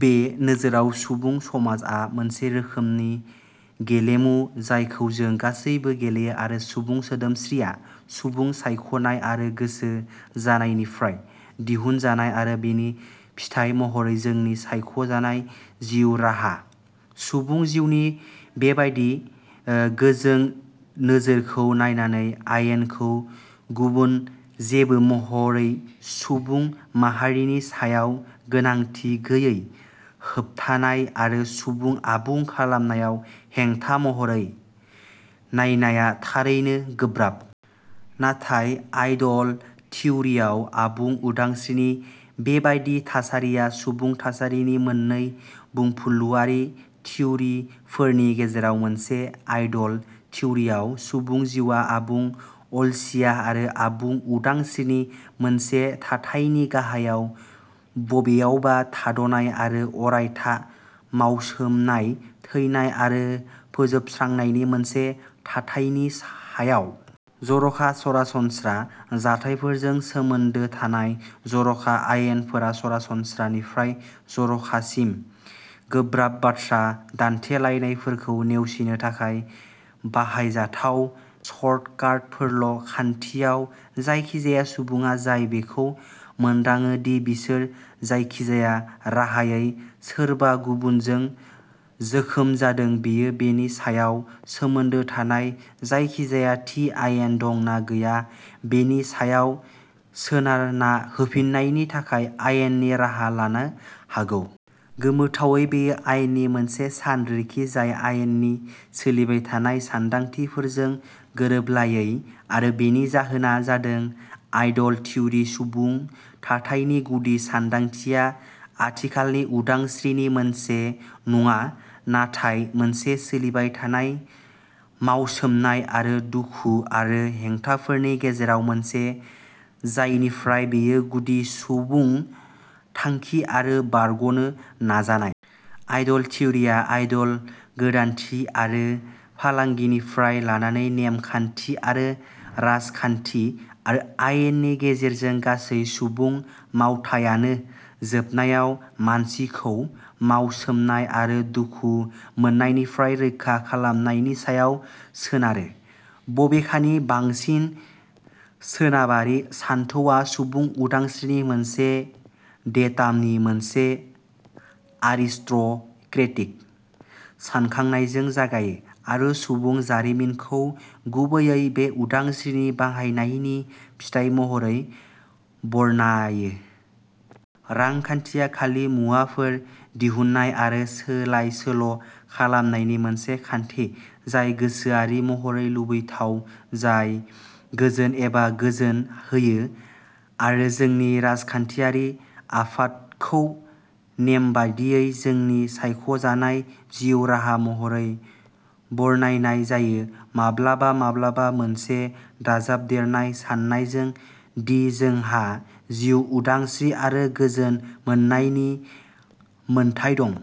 बे नोजोराव सुबुं समाजआ मोनसे रोखोमनि गेलेमु जायखौ जों गासैबो गेलेयो आरो सुबुं सोदोमस्रिआ सुबुं सायख'नाय आरो गोसो जानायनिफ्राय दिहुनजानाय आरो बेनि फिथाइ महरै'जोंनि सायख'जानाय जिउ राहा'। सुबुं जिउनि बेबादि गोजों नोजोरखौ नायनानै आयेनखौ गुबुन जेबो महरै सुबुं माहारिनि सायाव गोनांथि गैयै होबथानाय आरो सुबुं आबुं खालामनायाव हेंथा महरै नायनाया थारैनो गोब्राब। नाथाय आइडल थिउरियाव आबुं उदांस्रिनि बेबादि थासारिया सुबुं थासारिनि मोननै बुंफुरलुआरि थिउरिफोरनि गेजेराव मोनसे। आइडल थिउरियाव, सुबुं जिउआ आबुं अलसिया आरो आबुं उदांस्रिनि मोनसे थाथायनि गाहायाव बबेयावबा थाद'नाय आरो अरायथा मावसोमनाय, थैनाय आरो फोजोबस्रांनायनि मोनसे थाथायनि सायाव। जर'खा सरासनस्रा जाथायफोरजों सोमोन्दो थानाय जर'खा आयेनफोरा सरासनस्रा निफ्राय जर'खासिम गोब्राब बाथ्रा दान्थेलायनायफोरखौ नेवसिनो थाखाय बाहायजाथाव शर्टकाटफोरल'। खान्थियाव, जायखिजाया सुबुङा जाय बेखौ मोनदाङो दि बिसोर जायखिजाया राहायै सोरबा गुबुनजों जोखोम जादों, बियो बेनि सायाव सोमोन्दो थानाय जायखिजाया थि आयेन दं ना गैया बेनि सायाव सोनारना होफिन्नायनि थाखाय आयेननि राहा लानो हागौ। गोमोथावै, बेयो आयेननि मोनसे सानरिखि जाय आयेननि सोलिबाय थानाय सानदांथिफोरजों गोरोबलायै। आरो बेनि जाहोना जादों आइडल थिउरिनि सुबुं थाथायनि गुदि सानदांथिया आथिखालनि उदांस्रिनि मोनसे नङा, नाथाय मोनसे सोलिबाय थानाय मावसोमनाय आरो दुखु आरो हेंथाफोरनि गेजेराव मोनसे, जायनिफ्राय बेयो गुदि सुबुं थांखि आरो बारग'नो नाजानाय। आइडल थिउरियाव, आइडल गोदानथि आरो फालांगिनिफ्राय लानानै, नेम खान्थि आरो राजखान्थि आरो आयेननि गेजेरजों, गासै सुबुं मावथायानो जोबनायाव मानसिखौ मावसोमनाय आरो दुखु मोन्नायनिफ्राय रैखा खालामनायनि सायाव सोनारो। बबेखानि, बांसिन सोनाबारि सानथौआ सुबुं उदांस्रिनि मोनसे डेटामनि मोनसे आरिस्ट'क्रेटिक सानखांनायजों जागायो, आरो सुबुं जारिमिनखौ गुबैयै बे उदांस्रिनि बाहायनायनि फिथाइ महरै बरनायो। रांखान्थिया खालि मुवाफोर दिहुन्नाय आरो सोलाय-सोल'खालामनायनि मोनसे खान्थि, जाय गोसोआरि महरै लुबैथाव, जाय गोजोन एबा गोजोन होयो। आरो जोंनि राजखान्थियारि आफादखौ नेमबादियै "जोंनि सायख'जानाय जिउ राहा" महरै बरनायनाय जायो, माब्लाबा माब्लाबा मोनसे दाजाबदेरनाय सान्नायजों दि जोंहा "जिउ, उदांस्रि आरो गोजोन मोन्नायनि मोन्थाइ दं"।